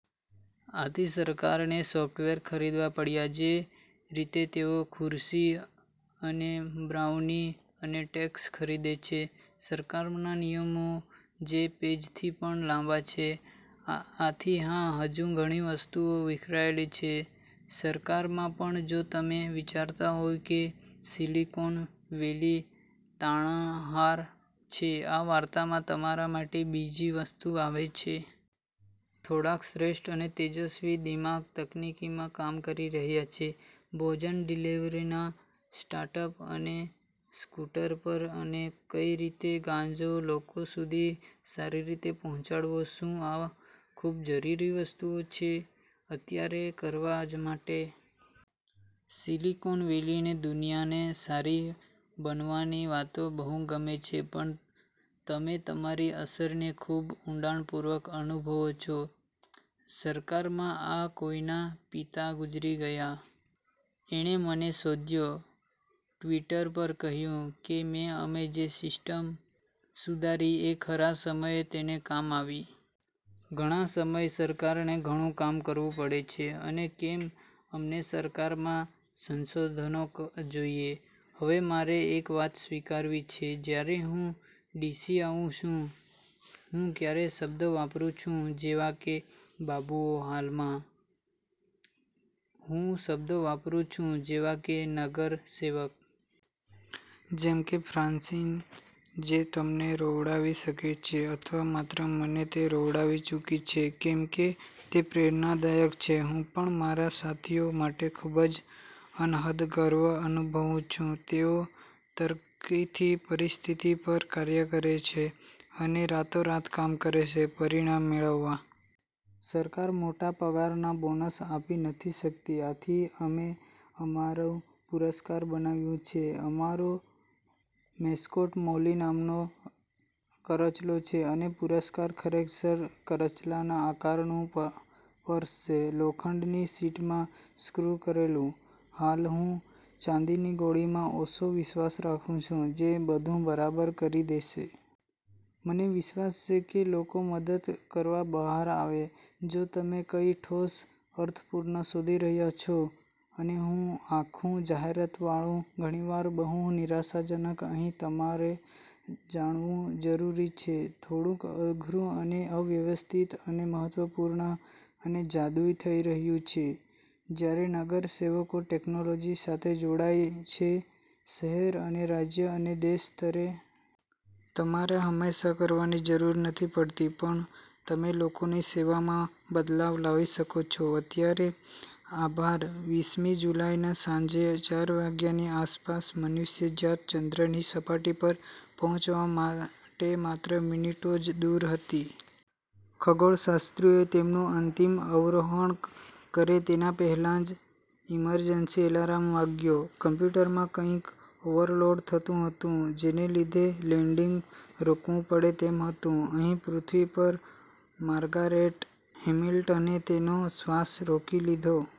આથી સરકારને સોફ્ટવેર ખરીદવા પડ્યા જે રીતે તેઓ ખુરશી અને બ્રાઉની અને ટેંકસ ખરીદે છે: સરકારના નિયમો જે પેજ થી પણ લાંબા છે. આથી હા, હજુ ઘણી વસ્તુઓ વિખરાયેલી છે સરકારમાં. પણ જો તમે વિચારતા હોય કે સીલીકોન વેલી તારણહાર છે આ વાર્તામાં, તમારા માટે બીજી વસ્તુ આવે છે. થોડાક શ્રેષ્ઠ અને તેજસ્વી દિમાગ તકનીકીમાં કામ કરી રહ્યા છે ભોજન-ડિલિવરીના સ્ટાર્ટઅપ પર અને સ્કુટર પર. અને કઈ રીતે ગાંજો લોકો સુધી સારી રીતે પહોચાડવો શું આ ખુબ જરૂરી વસ્તુઓ છે અત્યારે કરવા જ માટે? સીલીકોન વેલીને દુનિયાને સારી બનવાની વાતો બહુ ગમે છે પણ તમે તમારી અસરને ખુબ ઊંડાણ પૂર્વક અનુભવો છો સરકારમાં. આ કોઈ ના પિતા ગુજરી ગયા છે. એને મને શોધ્યો ટ્વીટર પર કહ્યું કે અમે જે સીસ્ટમ સુધારી એ ખરા સમયે તેને કામ આવી. ઘણા સમય, સરકારને ઘણું કામ કરવું પડે છે અને કેમ અમને સરકારમાં સંશોધનો જોઈએ. હવે મારે એક વાત સ્વીકારવી છે. જયારે હું ડીસી આવું છું, હું ક્યારે શબ્દ વાપરું છું જેવા કે બાબુઓ હાલ માં, હું શબ્દો વાપરું છું જેવાકે નગર સેવક. જેમકે ફ્રાન્સીન, જે તમને રોવડાવી શકે છે. અથવા માત્ર મને, તે રોવડાવી ચુકી છે, કેમકે તે પ્રેરણાદાયક છે. હું પણ મારા સાથીઓ માટે ખુબ જ, અનહદ ગર્વ અનુભવું છું. તેઓ તર્કથી પરીસ્થિતિ પર કાર્ય કરે છે અને રાતોરાત કામ કરે છે પરિણામ મેળવવા. સરકાર મોટા પગાર ના બોનસ આપી નથી સકતી, આથી અમે અમારૂ પુરસ્કાર બનાવ્યું છે. અમારો મેસ્કોટ મોલી નામનો કરચલો છે. અને પુરસ્કાર ખરેખર કરચલાના આકારનું પર્સ છે, લોખંડની શીટ માં સ્ક્રુ કરેલું. હાલ, હું ચાંદીની ગોળીમાં ઓછો વિશ્વાસ રાખું છું જે બધું બરાબર કરી દેશે. મને વિશ્વાસ છે કે લોકો મદદ કરવા બહાર આવે. જો તમે કઈ ઠોસ અર્થપૂર્ણ શોધી રહ્યા છો -- અને આખું જાહેરાતવાળું, ઘણીવાર બહુ નિરાશાજનક-- અહી તમારે જાણવું જરૂરી છે. થોડુક અઘરું અને અવ્યવસ્થિત અને મહત્વપૂર્ણ અને જાદુઈ થઇ રહ્યું છે જયારે નગર સેવકો ટેકનોલોજી સાથે જોડાઈ છે શહેર અને રાજ્ય અને દેશ સ્તરે. તમારે હમેશા કરવાની જરૂર નથી પડતી. પણ તમે લોકોની સેવામાં બદલાવ લાવી શકો છો અત્યારે. આભાર. વીસ મી જુલાઈ ના સાંજે ચાર વાગ્યાની આસપાસ મનુષ્યજાત ચંદ્રની સપાટી પર પહોંચવા માટે માત્ર મિનિટો જ દૂર હતી। ખગોળશાસ્ત્રીઓ તેમનું અંતિમ અવરોહણ કરે તેના પહેલા જ ઇમરજન્સી એલાર્મ વાગ્યો. કોમ્પ્યુટરમાં કઈંક ઓવરલોડ થતું હતું, જેને લીધે લેન્ડિંગ રોકવું પડે તેમ હતું. અહીં પૃથ્વી પર, માર્ગારેટ હેમિલ્ટને તેનો શ્વાસ રોકી લીધો.